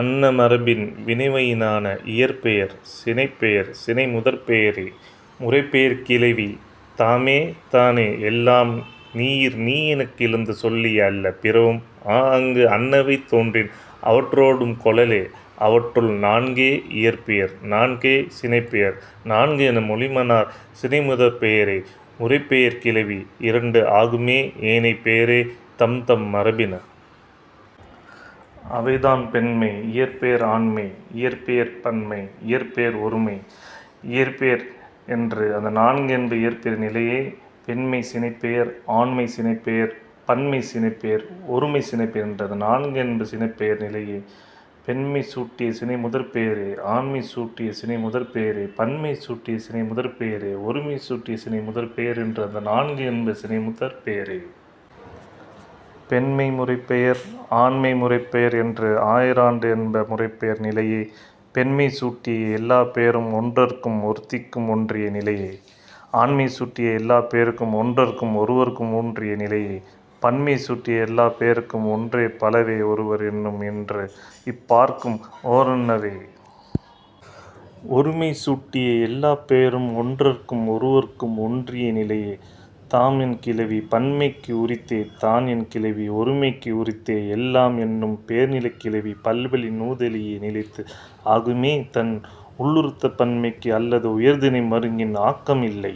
அன்ன மரபின் வினைவயினான. இயற்பெயர் சினைப்பெயர் சினைமுதற்பெயரே முறைப்பெயர்க் கிளவி தாமே தானே எல்லாம் நீயிர் நீ எனக் கிளந்து சொல்லிய அல்ல பிறவும் ஆஅங்கு அன்னவை தோன்றின் அவற்றொடும் கொளலே. அவற்றுள், நான்கே இயற்பெயர் நான்கே சினைப்பெயர் நான்கு என மொழிமனார் சினைமுதற்பெயரே முறைப்பெயர்க் கிளவி இரண்டு ஆகும்மே ஏனைப் பெயரே தம்தம் மரபின. அவைதாம், பெண்மை இயற்பெயர் ஆண்மை இயற்பெயர் பன்மை இயற்பெயர் ஒருமை இயற்பெயர் என்று அந் நான்கு என்ப இயற்பெயர் நிலையே. பெண்மைச் சினைப்பெயர் ஆண்மைச் சினைப்பெயர் பன்மைச் சினைப்பெயர் ஒருமைச் சினைப்பெயர் என்று அந் நான்கு என்ப சினைப்பெயர் நிலையே. பெண்மை சுட்டிய சினைமுதற்பெயரே ஆண்மை சுட்டிய சினைமுதற்பெயரே பன்மை சுட்டிய சினைமுதற்பெயரே ஒருமை சுட்டிய சினைமுதற்பெயர் என்று அந் நான்கு என்ப சினைமுதற்பெயரே. பெண்மை முறைப்பெயர் ஆண்மை முறைப்பெயர் என்று ஆயிரண்டு என்ப முறைப்பெயர் நிலையே. பெண்மை சுட்டிய எல்லாப் பெயரும் ஒன்றற்கும் ஒருத்திக்கும் ஒன்றிய நிலையே. ஆண்மை சுட்டிய எல்லாப் பெயரும் ஒன்றற்கும் ஒருவற்கும் ஒன்றிய நிலையே. பன்மை சுட்டிய எல்லாப் பெயரும் ஒன்றே பலவே ஒருவர் என்னும் என்று இப் பாற்கும் ஓரன்னவ்வே. ஒருமை சுட்டிய எல்லாப் பெயரும் ஒன்றற்கும் ஒருவர்க்கும் ஒன்றிய நிலையே. தாம் என் கிளவி பன்மைக்கு உரித்தே. தான் என் கிளவி ஒருமைக்கு உரித்தே. எல்லாம் என்னும் பெயர்நிலைக் கிளவி பல்வழி நுதலிய நிலைத்து ஆகும்மே தன் உள்ளுறுத்த பன்மைக்கு அல்லது உயர்திணை மருங்கின் ஆக்கம் இல்லை.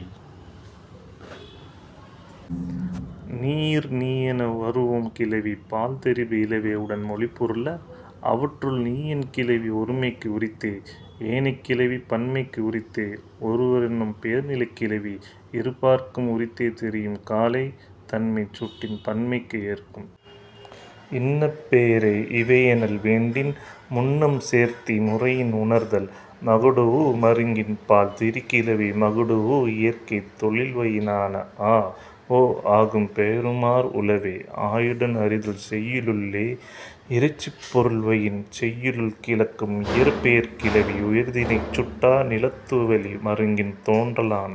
நீயிர் நீ என வரூஉம் கிளவி பால் தெரிபு இலவே உடன் மொழிப் பொருள. அவற்றுள், நீ என் கிளவி ஒருமைக்கு உரித்தே. ஏனைக் கிளவி பன்மைக்கு உரித்தே. ஒருவர் என்னும் பெயர்நிலைக் கிளவி இரு பாற்கும் உரித்தே தெரியும் காலை. தன்மை சுட்டின் பன்மைக்கு ஏற்கும். இன்ன பெயரே இவை எனல் வேண்டின் முன்னம் சேர்த்தி முறையின் உணர்தல். மகடூஉ மருங்கின் பால் திரி கிளவி மகடூஉ இயற்கை தொழில்வயினான. ஆ ஓ ஆகும் பெயருமார் உளவே ஆயிடன் அறிதல் செய்யுளுள்ளே. இறைச்சிப் பொருள்வயின் செய்யுளுள் கிளக்கும் இயற்பெயர்க் கிளவி உயர்திணை சுட்டா நிலத்துவழி மருங்கின் தோன்றலான.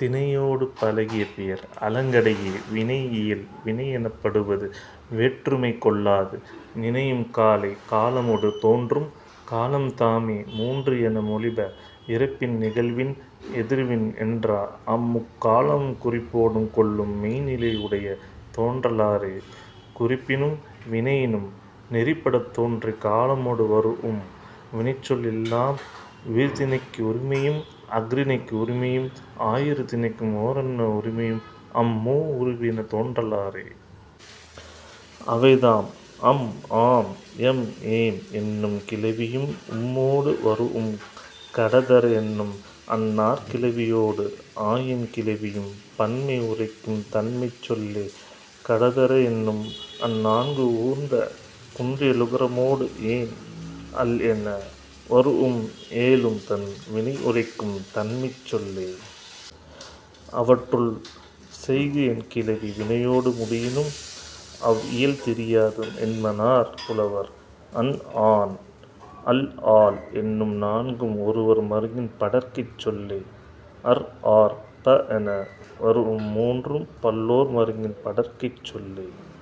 திணையொடு பழகிய பெயர் அலங்கடையே.. வினையியல் வினை எனப்படுவது வேற்றுமை கொள்ளாது நினையும் காலை காலமொடு தோன்றும். காலம்தாமே மூன்று என மொழிப. இறப்பின் நிகழ்வின் எதிர்வின் என்றா அம் முக் காலமும் குறிப்பொடும் கொள்ளும் மெய்ந் நிலை உடைய தோன்றலாறே. குறிப்பினும் வினையினும் நெறிப்படத் தோன்றிக் காலமொடு வரூஉம் வினைச்சொல் எல்லாம் உயர்திணைக்கு உரிமையும் அஃறிணைக்கு உரிமையும் ஆயிரு திணைக்கும் ஓரன்ன உரிமையும் அம் மூ உருபின தோன்றலாறே. அவைதாம், அம் ஆம் எம் ஏம் என்னும் கிளவியும் உம்மொடு வரூஉம் க ட த ற என்னும் அந் நாற் கிளவியொடு ஆயெண் கிளவியும் பன்மை உரைக்கும் தன்மைச் சொல்லே. க ட த ற என்னும் அந் நான்கு ஊர்ந்த குன்றியலுகரமொடு ஏன் அல் என வரூஉம் ஏழும் தன் வினை உரைக்கும் தன்மைச் சொல்லே. அவற்றுள், செய்கு என் கிளவி வினையொடு முடியினும் அவ் இயல் திரியாது என்மனார் புலவர். அன் ஆன் அள் ஆள் என்னும் நான்கும் ஒருவர் மருங்கின் படர்க்கைச் சொல்லே. அர் ஆர் ப என வரூஉம் மூன்றும் பல்லோர் மருங்கின் படர்க்கைச் சொல்லே.